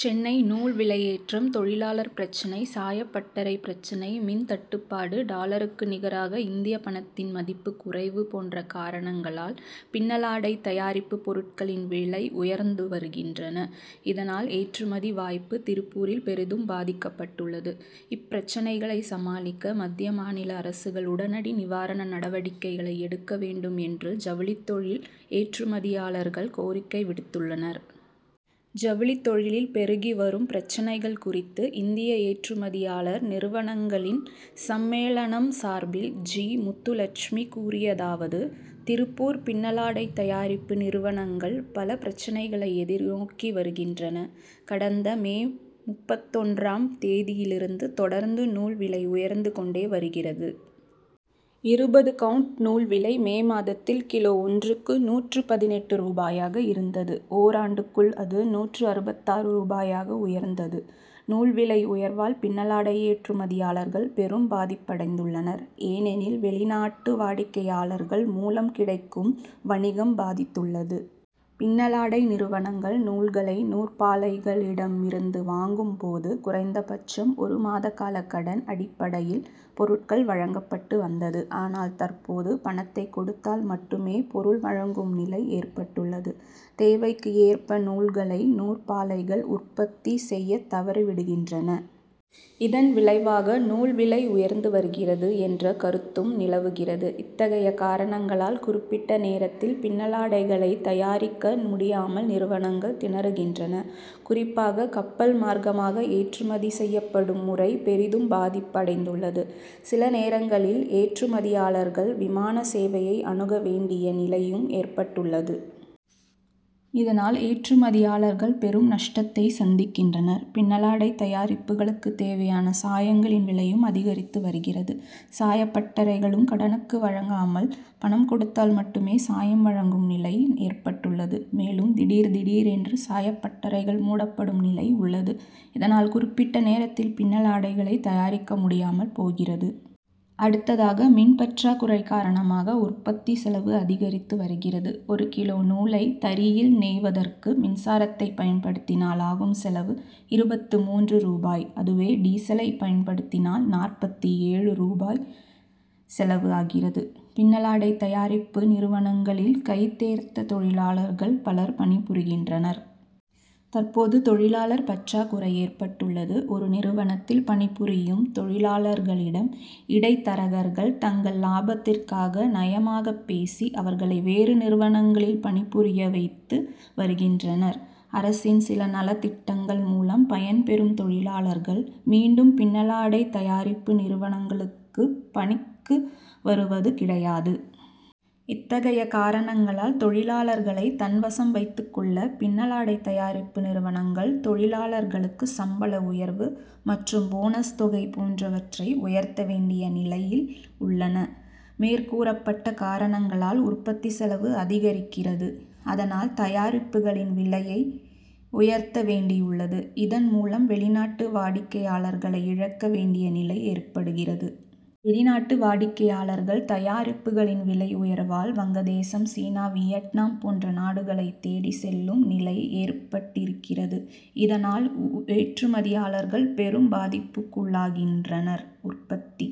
சென்னை நூல் விலையேற்றம், தொழிலாளர் பிரச்னை, சாயப்பட்டறை பிரச்னை, மின் தட்டுப்பாடு, டாலருக்கு நிகராக இந்தியப் பணத்தின் மதிப்பு குறைவு போன்ற காரணங்களால், பின்னலாடை தயாரிப்பு பொருட்களின் விலை உயர்ந்து வருகின்றன. இதனால், ஏற்றுமதி வாய்ப்பு, திருப்பூரில் பெரிதும் பாதிக்கப்பட்டுள்ளது. இப்பிரச்னைகளை சமாளிக்க மத்திய, மாநில அரசுகள் உடனடி நிவாரண நடவடிக்கைகளை எடுக்க வேண்டும் என்று, ஜவுளித் தொழில் ஏற்றுமதியாளர் கள் கோரிக்கை விடுத்துள்ளனர். ஜவுளித் தொழிலில் பெருகி வரும் பிரச்னைகள் குறித்து, இந்திய ஏற்றுமதியாளர் நிறுவனங்களின் சம் மேளனம் சார்பில் ஜி. முத்துலட்சுமி கூறியதாவது: திருப்பூர் பின்னலாடை தயாரிப்பு நிறுவனங்கள், பல பிரச்னைகளை எதிர் நோக்கி வருகின்றன. கடந்த, மே முப்பத்தொன்றாம் தேதியிலிருந்து தொடர்ந்து நூல் விலை உயர்ந்து கொண்டே வருகிறது. இருபது கவுண்ட் நூல் விலை, மே மாதத்தில் கிலோ ஒன்றுக்கு, நூற்று பதினெட்டு ரூபாயாக இருந்தது. ஓராண்டுக்குள் அது, நூற்று அறுபத்தாறு ரூபாயாக உயர்ந்தது. நூல் விலை உயர்வால், பின்னலாடை ஏற்றுமதியாளர்கள் பெரும் பாதிப்படைந்துள் ளனர். ஏனெனில், வெளிநாட்டு வாடிக்கையாளர் கள் மூலம் கிடைக்கும் வணிகம் பாதித்துள்ளது. பின்னலாடை நிறுவனங்கள் நூல்களை நூற்பாலைகளிடம் இருந்து வாங் கும்போது, குறைந்த பட்சம் ஒரு மாதகால கடன் அடிப்படையில் பொருட் கள் வழங்கப்பட்டு வந்தது. ஆனால் தற்போது, பணத்தை கொடுத்தால் மட்டுமே பொருள் வழங் கும் நிலை ஏற்பட்டுள்ளது. தேவைக்கு ஏற்ப நூல்களை நூற்பாலைகள் உற்பத்தி செய்யத் தவறிவிடுகின்றன. இதன் விளைவாக, நூல் விலை உயர்ந்து வருகிறது என்ற கருத்தும் நிலவுகிறது. இத்தகைய காரணங் களால் குறிப்பிட்ட நேரத் தில் பின்னலாடைகளை தயாரிக்க முடியாமல் நிறுவனங்கள் திணறுகின்றன. குறிப்பாக, கப்பல் மார்க்கமாக ஏற்றுமதி செய்யப்படும் முறை பெரிதும் பாதிப்பு அடைந்துள்ளது. சில நேரங்களில் ஏற்றுமதியாளர்கள் விமான சேவையை அணுக வேண் டிய நிலையும் ஏற்பட் டுள்ளது. இதனால் ஏற்றுமதியாளர்கள் பெரும் நஷ் டத்தை சந்திக்கின்றனர். பின்னலாடை தயாரிப்புகளுக்குத் தேவையான சாயங்களின் விலையும் அதிகரித்து வருகிறது. சாயப்பட்டறைகளும் கடனுக்கு வழங்காமல் பணம் கொடுத்தால் மட்டுமே சாயம் வழங்கும் நிலை ஏற்பட்டுள்ளது. மேலும், திடீர் திடீரென்று சாயப்பட்டறைகள் மூடப்படும் நிலை உள் ளது. இதனால் குறிப்பிட்ட நேரத்தில் பின்னலாடைகளை தயாரிக்க முடியாமல் போகிறது. அடுத்ததாக, மின் பற் றாக்குறை காரணமாக உற் பத்தி செலவு அதிகரித்து வருகிறது. ஒரு கிலோ நூலை, தறியில் நெய்வதற்கு மின்சாரத்தைப் பயன்படுத்தினால் ஆகும் செலவு இருபத்து மூன்று ரூபாய். அதுவே, டீசலை பயன்படுத்தினால் நாற்பத்து ஏழு ரூபாய் செலவு ஆகிறது. பின்னலாடை தயாரிப்பு நிறுவனங்களில் கை தேர்ந்த தொழிலாளர்கள் பலர் பணிபுரிகின்றனர். தற்போது தொழிலாளர் பற்றாக் குறை ஏற்பட்டுள்ளது. ஒரு நிறுவனத்தில் பணிபுரியும் தொழிலாளர்களிடம் இடைத்தரகர்கள் தங்கள் லாபத் திற்காக நயமாகப் பேசி அவர்களை வேறு நிறுவனங்களில் பணிபுரிய வைத்து வருகின்றனர். அரசின் சில நலத் திட்டங்கள் மூலம் பயன் பெறும் தொழிலாளர்கள், மீண்டும் பின்னலாடை தயாரிப்பு நிறுவனங்களுக் குப் பணிக்கு வருவது கிடையாது. இத்தகைய காரணங்களால், தொழிலாளர் களை தன் வசம் வைத்துக் கொள்ள பின்னலாடைத் தயாரிப்பு நிறுவனங்கள், தொழிலாளர்களுக்கு சம்பள உயர்வு மற்றும் போனஸ் தொகை போன்றவற்றை உயர்த்த வேண்டிய நிலையில் உள்ளன. மேற்கூறப்பட்ட காரணங்களால் உற்பத்தி செலவு அதிகரிக்கிறது. அதனால், தயாரிப்புகளின் விலையை உயர்த்த வேண்டியுள்ளது. இதன் மூலம் வெளிநாட்டு வாடிக் கையாளர்களை இழக்க வேண்டிய நிலை ஏற்படுகிறது. வெளிநாட்டு வாடிக்கையாளர்கள், தயாரிப்புகளின் விலை உயர்வால், வங்கதேசம், சீனா, வியட்நாம் போன்ற நாடுகளைத் தேடிச் செல்லும் நிலை ஏற்பட்டிருக்கிறது. இதனால், ஏற்றுமதியாளர்கள் பெரும் பாதிப்புக்குள்ளாகின்றனர். உற்பத்தி